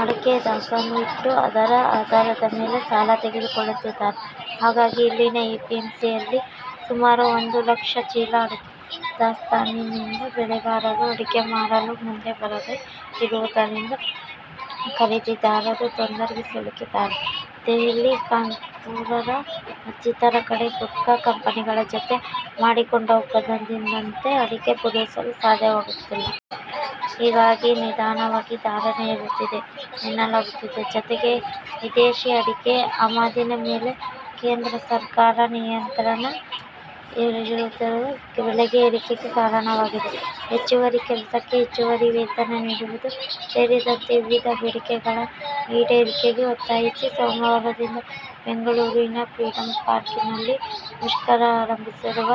ಅಡಕೆ ದಾಸ್ತಾನು ಇಟ್ಟು, ಅದರ ಆಧಾರದ ಮೇಲೆ ಸಾಲ ತೆಗೆದುಕೊಳ್ಳುತ್ತಿದ್ದಾರೆ. ಹಾಗಾಗಿ, ಇಲ್ಲಿನ ಎಪಿಎಂಸಿಯಲ್ಲಿ ಸುಮಾರು ಒಂದು ಲಕ್ಷ ಚೀಲ ಅಡಕೆ ದಾಸ್ತಾನಿದೆ. ಬೆಳೆಗಾರರು ಅಡಕೆ ಮಾರಲು ಮುಂದೆ ಬರದೆ ಇರುವುದರಿಂದ ಖರೀದಿದಾರರು ತೊಂದರೆಗೆ ಸಿಲುಕಿದ್ದಾರೆ. ದೆಹಲಿ, ಖಾನ್ಪುರ ಮತ್ತಿತರ ಕಡೆ ಗುಟ್ಕಾ ಕಂಪನಿಗಳ ಜತೆ ಮಾಡಿಕೊಂಡ ಒಪ್ಪಂದದಂತೆ ಅಡಕೆ ಪೂರೈಸಲು ಸಾಧ್ಯವಾಗುತ್ತಿಲ್ಲ. ಹೀಗಾಗಿ ನಿಧಾನವಾಗಿ ಧಾರಣೆ ಏರುತ್ತಿದೆ ಎನ್ನಲಾಗುತ್ತಿದೆ. ಜತೆಗೆ ವಿದೇಶಿ ಅಡಕೆ ಆಮದಿನ ಮೇಲೆ ಕೇಂದ್ರ ಸರ್ಕಾರ ನಿಯಂತ್ರಣ ಹೇರಿರುವುದೂ ಬೆಲೆ ಏರಿಕೆಗೆ ಕಾರಣವಾಗಿದೆ. ಹೆಚ್ಚುವರಿ ಕೆಲಸಕ್ಕೆ ಹೆಚ್ಚುವರಿ ವೇತನ ನೀಡುವುದು ಸೇರಿದಂತೆ ವಿವಿಧ ಬೇಡಿಕೆಗಳ ಈಡೇರಿಕೆಗೆ ಒತ್ತಾಯಿಸಿ ಸೋಮವಾರದಿಂದ ಬೆಂಗಳೂರಿನ ಫ್ರೀಡಂಪಾರ್ಕಿನಲ್ಲಿ ಮುಷ್ಕರ ಆರಂಭಿಸಿರುವ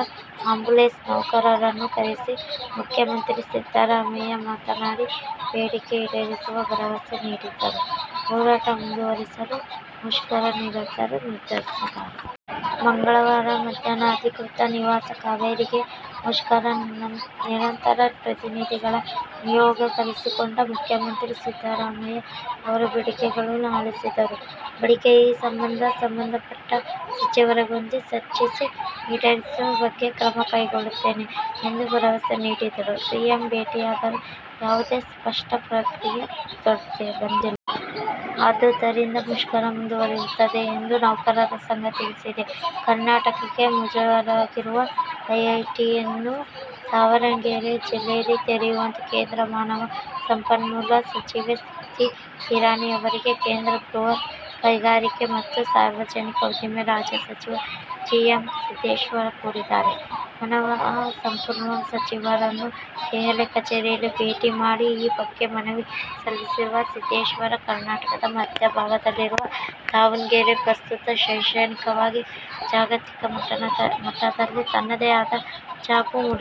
ಆ್ಯಂಬುಲೆನ್ಸ್ ನೌಕರರನ್ನು ಕರೆಸಿ ಮುಖ್ಯಮಂತ್ರಿ ಸಿದ್ದರಾಮಯ್ಯ ಮಾತನಾಡಿ ಬೇಡಿಕೆ ಈಡೇರಿಸುವ ಭರವಸೆ ನೀಡಿದ್ದರೂ ಹೋರಾಟ ಮುಂದುವರಿಸಲು ಮುಷ್ಕರನಿರತರು ನಿರ್ಧರಿಸಿದ್ದಾರೆ. ಮಂಗಳವಾರ ಮಧ್ಯಾಹ್ನ ಅಧಿಕೃತ ನಿವಾಸ 'ಕಾವೇರಿ'ಗೆ ಮುಷ್ಕರ ನಿರತರ ಪ್ರತಿನಿಧಿಗಳ ನಿಯೋಗ ಕರೆಸಿಕೊಂಡ ಮುಖ್ಯಮಂತ್ರಿ ಸಿದ್ದರಾಮಯ್ಯ ಅವರ ಬೇಡಿಕೆಗಳನ್ನು ಆಲಿಸಿದರು. ಬಳಿಕ ಈ ಸಂಬಂಧ ಸಂಬಂಧಪಟ್ಟ ಸಚಿವರೊಂದಿಗೆ ಚರ್ಚಿಸಿ ಈಡೇರಿಸುವ ಬಗ್ಗೆ ಕ್ರಮ ಕೈಗೊಳ್ಳುತ್ತೇನೆ ಎಂದು ಭರವಸೆ ನೀಡಿದರು. ಸಿಎಂ ಭೇಟಿಯಾದರೂ ಯಾವುದೇ ಸ್ಪಷ್ಟ ಪ್ರತಿಕ್ರಿಯೆ ಬಂದಿಲ್ಲ. ಆದುದರಿಂದ ಮುಷ್ಕರ ಮುಂದುವರಿಯುತ್ತದೆ ಎಂದು ನೌಕರರ ಸಂಘ ತಿಳಿಸಿದೆ. ಕರ್ನಾಟಕಕ್ಕೆ ಮಂಜೂರಾಗಿರುವ ಐಐಟಿಯನ್ನು ದಾವಣಗೆರೆ ಜಿಲ್ಲೆಯಲ್ಲಿ ತೆರೆಯುವಂತೆ ಕೇಂದ್ರ ಮಾನವ ಸಂಪನ್ಮೂಲ ಸಚಿವೆ ಸ್ಮೃತಿ ಇರಾನಿ ಅವರಿಗೆ ಕೇಂದ್ರ ಬೃಹತ್ ಕೈಗಾರಿಕೆ ಹಾಗೂ ಸಾರ್ವಜನಿಕ ಉದ್ದಿಮೆ ರಾಜ್ಯ ಸಚಿವ ಜಿ. ಎಂ. ಸಿದ್ದೇಶ್ವರ್ ಕೋರಿದ್ದಾರೆ. ಮಾನವ ಸಂಪನ್ಮೂಲ ಸಚಿವರನ್ನು ದೆಹಲಿಯ ಕಚೇರಿಯಲ್ಲಿ ಭೇಟಿ ಮಾಡಿ ಈ ಬಗ್ಗೆ ಮನವಿ ಸಲ್ಲಿಸಿರುವ ಸಿದ್ದೇಶ್ವರ್, ಕರ್ನಾಟಕದ ಮಧ್ಯ ಭಾಗದಲ್ಲಿರುವ ದಾವಣಗೆರೆ ಪ್ರಸ್ತುತ ಶೈಕ್ಷಣಿಕವಾಗಿ ಜಾಗತಿಕಮಟ್ಟದಲ್ಲಿ ತನ್ನದೇ ಆದ ಛಾಪು ಮೂಡಿಸಿದೆ.